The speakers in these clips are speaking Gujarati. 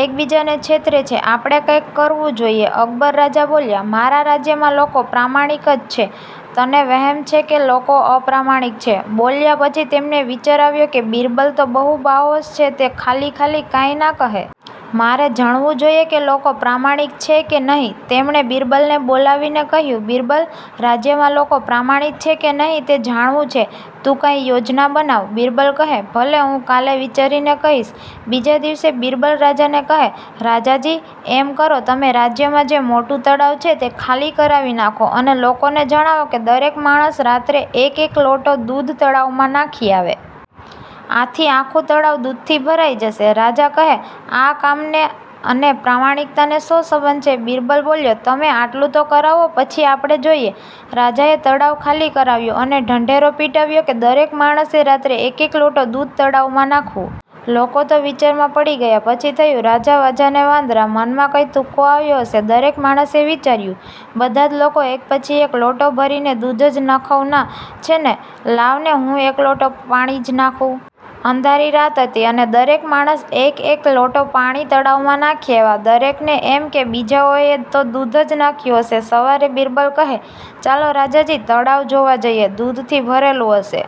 એકબીજાને છેતરે છે. આપણે કાંઈક કરવું જોઈએ. અકબર રાજા બોલ્યાઃમારા રાજ્યમાં લોકો પ્રામાણિક જ છે. તને વહેમ છે કે લોકો અપ્રામાણિક છે. બોલ્યા પછી તેમને વિચાર આવ્યો કે બિરબલ તો બહુ બાહોશ છે તે ખાલીખાલી કાંઈ ના કહે. મારે જણવું જોઈએ કે લોકો પ્રામાણિક છે કે નહીં? તેમણે બિરબલને બોલાવીને કહ્યું; બિરબલ, રાજ્યમાં લોકો પ્રામાણિક છે કે નહીં તે જાણવું છે. તું કાંઈ યોજના બનાવ. બિરબલ કહેઃ ભલે હું કાલે વિચારીને કહીશ. બીજા દિવસે બિરબલ રાજાને કહેઃ રાજાજી, એમ કરો તમે રાજ્યમાં જે મોટું તળાવ છે તે ખાલી કરાવી નાંખો અને લોકોને જણાવો કે દરેક માણસ રાત્રે એક એક લોટો દૂધ્ તળાવમાં નાંખી આવે. આથી આખું તળાવ દૂધથી ભરાઈ જશે. રાજા કહેઃ આ કામ ને અને પ્રામાણિકતાને શો સંબંધ છે? બિરબલ બોલ્યોઃતમે આટલું તો કરાવો પછી આપણે જોઈએ. રાજાએ તળાવ ખાલી કરાવ્યું અને ઢંઢેરો પીટાવ્યો કે દરેક માણસે રાત્રે એક એક લોટો દૂધ તળાવમાં નાખવું. લોકો તો વિચારમાં પડી ગયા. પછી થયું રાજા, વાજા ને વાંદરા.. મનમા કંઈ તુક્કો આવ્યો હશે.. દરેક માણસે વિચાર્યું બધા જ લોકો એક પછી એક લોટો ભરીને દૂધ જનાંખવના છે ને? લાવને હું એક લોટો પાણી જ નાખું. અંધારી રાત હતી અને દરેક માણસ એક એક લોટો પાણી તળાવમાં નાખી આવ્યા. દરેકને એમ કે બીજાઓએ તો દૂધ જ નાંખ્યુ હશે. સવારે બિરબલ કહે: ચાલો રાજાજી, તળાવ જોવા જઈએ. દૂધથી ભરેલું હશે.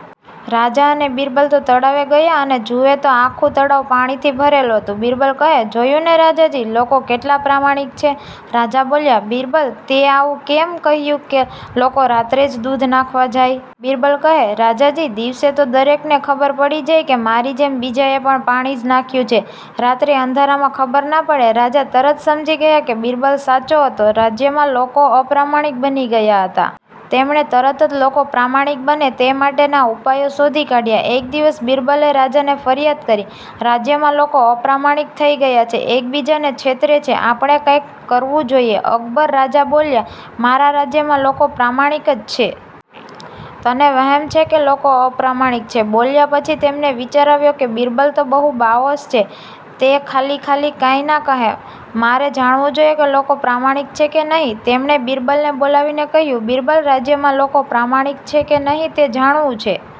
રાજા અને બિરબલ તો તળાવે ગયા અને જુએ તો આખું તળાવ પાણીથી ભરેલું હતું! બિરબલ કહેઃજોયું ને રાજાજી, લોકો કેટલા પ્રામાણિક છે? રાજા બોલ્યાઃબિરબલ, તેં એવું કેમ કહ્યું કે લોકો રાત્રે જ દૂધ નાંખવા જાય? બિરબલ કહેઃરાજાજી, દિવસે તો દરેકને ખબર પડી જાય કે મારી જેમ બીજાએ પણ પાણી જ નાખ્યું છે. રાત્રે અંધારામાં ખબર ના પડે. રાજા તરત સમજી ગયા કે બિરબલ સાચો હતો. રાજ્યમાં લોકોઅપ્રામાણિક બની ગયા હતા. તેમણે તરત જ લોકો પ્રામાણિક બને તે માટેના ઉપાયો શોધી કાઢ્યા. એક દિવસ બિરબલે રાજાને ફરિયાદ કરીઃરાજ્યમાં લોકો અપ્રામાણિક થઈ ગયા છે. એકબીજાને છેતરે છે. આપણે કાંઈક કરવું જોઈએ. અકબર રાજા બોલ્યાઃમારા રાજ્યમાં લોકો પ્રામાણિક જ છે. તને વહેમ છે કે લોકો અપ્રામાણિક છે. બોલ્યા પછી તેમને વિચાર આવ્યો કે બિરબલ તો બહુ બાહોશ છે તે ખાલીખાલી કાંઈ ના કહે. મારે જણવું જોઈએ કે લોકો પ્રામાણિક છે કે નહીં? તેમણે બિરબલને બોલાવીને કહ્યું; બિરબલ, રાજ્યમાં લોકો પ્રામાણિક છે કે નહીં તે જાણવું છે.